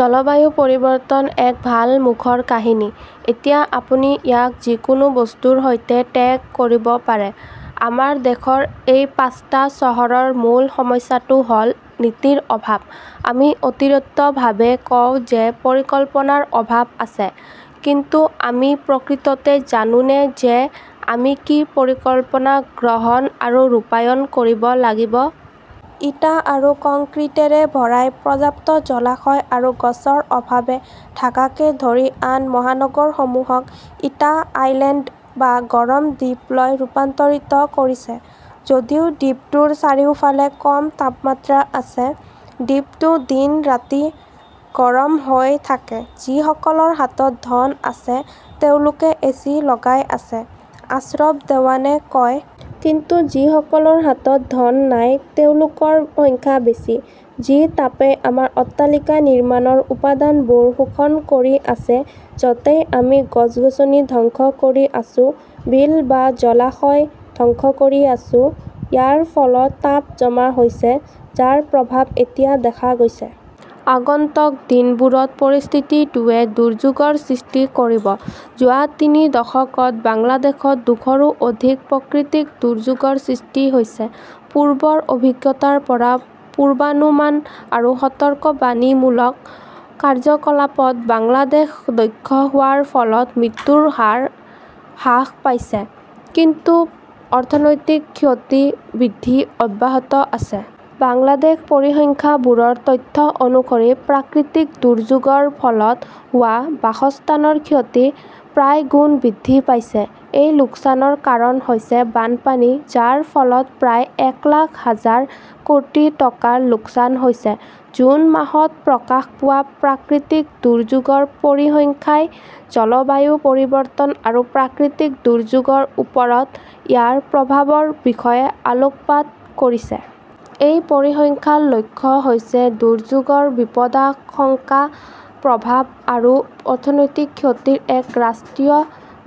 জলবায়ু পৰিৱৰ্তন এক ভাল মুখৰ কাহিনী। এতিয়া আপুনি ইয়াক যিকোনো বস্তুৰ সৈতে টেগ কৰিব পাৰে। আমাৰ দেশৰ এই পাঁচটা চহৰৰ মূল সমস্যাটো হ'ল নীতিৰ অভাৱ। আমি অতিৰিক্তভাৱে কওঁ যে পৰিকল্পনাৰ অভাৱ আছে, কিন্তু আমি প্ৰকৃততে জানোনে যে আমি কি পৰিকল্পনা গ্ৰহণ আৰু ৰূপায়ণ কৰিব লাগিব? ইটা আৰু কংক্ৰিটেৰে ভৰাই, পৰ্যাপ্ত জলাশয় আৰু গছৰ অভাৱে ঢাকাকে ধৰি আন মহানগৰসমূহক "হিট আইলেণ্ড" বা গৰম দ্বীপলৈ ৰূপান্তৰিত কৰিছে। যদিও দ্বীপটোৰ চাৰিওফালে কম তাপমাত্ৰা আছে, দ্বীপটো দিন-ৰাতি গৰম হৈ থাকে। "যিসকলৰ হাতত ধন আছে তেওঁলোকে এচি লগাই আছে", আশ্ৰফ দেৱানে কয়। কিন্তু যিসকলৰ হাতত ধন নাই, তেওঁলোকৰ সংখ্যা বেছি। যি তাপে আমাৰ অট্টালিকা নিৰ্মাণৰ উপাদানবোৰ শোষণ কৰি আছে, য 'তেই আমি গছ-গছনি ধ্বংস কৰি আছো, বিল বা জলাশয় ধ্বংস কৰি আছো। ইয়াৰ ফলত তাপ জমা হৈছে, যাৰ প্ৰভাৱ এতিয়া দেখা গৈছে। আগন্তুক দিনবোৰত পৰিস্থিতিটোৱে দুৰ্যোগৰ সৃষ্টি কৰিব। যোৱা তিনি দশকত বাংলাদেশত দুশৰো অধিক প্ৰাকৃতিক দুৰ্যোগৰ সৃষ্টি হৈছে। পূৰ্বৰ অভিজ্ঞতাৰ পৰা পূৰ্বানুমান আৰু সতৰ্কবাণীমূলক কাৰ্যকলাপত বাংলাদেশ দক্ষ হোৱাৰ ফলত মৃত্যুৰ হাৰ হ্ৰাস পাইছে। কিন্তু অৰ্থনৈতিক ক্ষতি বৃদ্ধি অব্যাহত আছে। বাংলাদেশ পৰিসংখ্যাবোৰৰ তথ্য অনুসৰি, প্ৰাকৃতিক দুৰ্যোগৰ ফলত হোৱা বাসস্থানৰ ক্ষতি প্ৰায় গুণ বৃদ্ধি পাইছে। এই লোকচানৰ কাৰণ হৈছে বানপানী, যাৰ ফলত প্ৰায় এক লাখ হাজাৰ কোটি টকাৰ লোকচান হৈছে। জুন মাহত প্ৰকাশ পোৱা প্ৰাকৃতিক দুৰ্যোগৰ পৰিসংখ্যাই জলবায়ু পৰিৱৰ্তন আৰু প্ৰাকৃতিক দুৰ্যোগৰ ওপৰত ইয়াৰ প্ৰভাৱৰ বিষয়ে আলোকপাত কৰিছে। এই পৰিসংখ্যাৰ লক্ষ্য হৈছে দুৰ্যোগৰ বিপদাশংকা, প্ৰভাৱ আৰু অৰ্থনৈতিক ক্ষতিৰ এক ৰাষ্ট্ৰীয়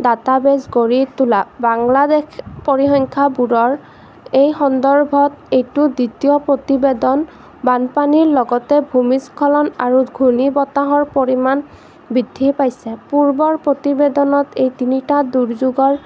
ডাটাবেছ গঢ়ি তোলা। বাংলাদেশ পৰিসংখ্যাবোৰৰ এই সন্দৰ্ভত এইটো দ্বিতীয় প্ৰতিবেদন। বানপানীৰ লগতে ভূমিস্খলন আৰু ঘূৰ্ণীবতাহৰ পৰিমাণ বৃদ্ধি পাইছে। পূৰ্বৰ প্ৰতিবেদনত এই তিনিটা দুৰ্যোগৰ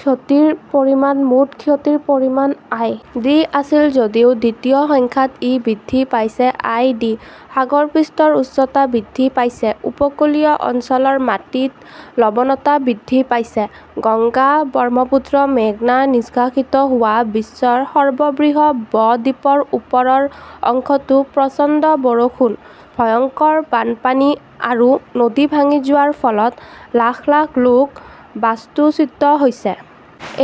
ক্ষতিৰ পৰিমাণ মুঠ ক্ষতিৰ পৰিমাণ আই. ডি. আছিল, যদিও দ্বিতীয় সংখ্যাত ই বৃদ্ধি পাইছে আই. ডি.। সাগৰ পৃষ্ঠৰ উচ্চতা বৃদ্ধি পাইছে, উপকূলীয় অঞ্চলৰ মাটিত লৱনতা বৃদ্ধি পাইছে। গংগা, ব্ৰহ্মপুত্ৰ, মেঘনা নিষ্কাশিত হোৱা বিশ্বৰ সৰ্ববৃহৎ ব-দ্বীপৰ ওপৰৰ অংশতো প্ৰচণ্ড বৰষুণ, ভয়ংকৰ বানপানী আৰু নদী ভাঙি যোৱাৰ ফলত লাখ লাখ লোক বাস্তুচ্যুত হৈছে।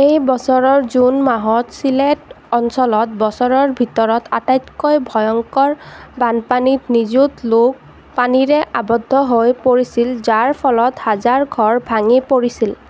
এই বছৰৰ জুন মাহত চিলেট অঞ্চলত বছৰৰ ভিতৰত আটাইতকৈ ভয়ংকৰ বানপানীত নিযুত লোক পানীৰে আবদ্ধ হৈ পৰিছিল, যাৰ ফলত হাজাৰ ঘৰ ভাঙি পৰিছিল।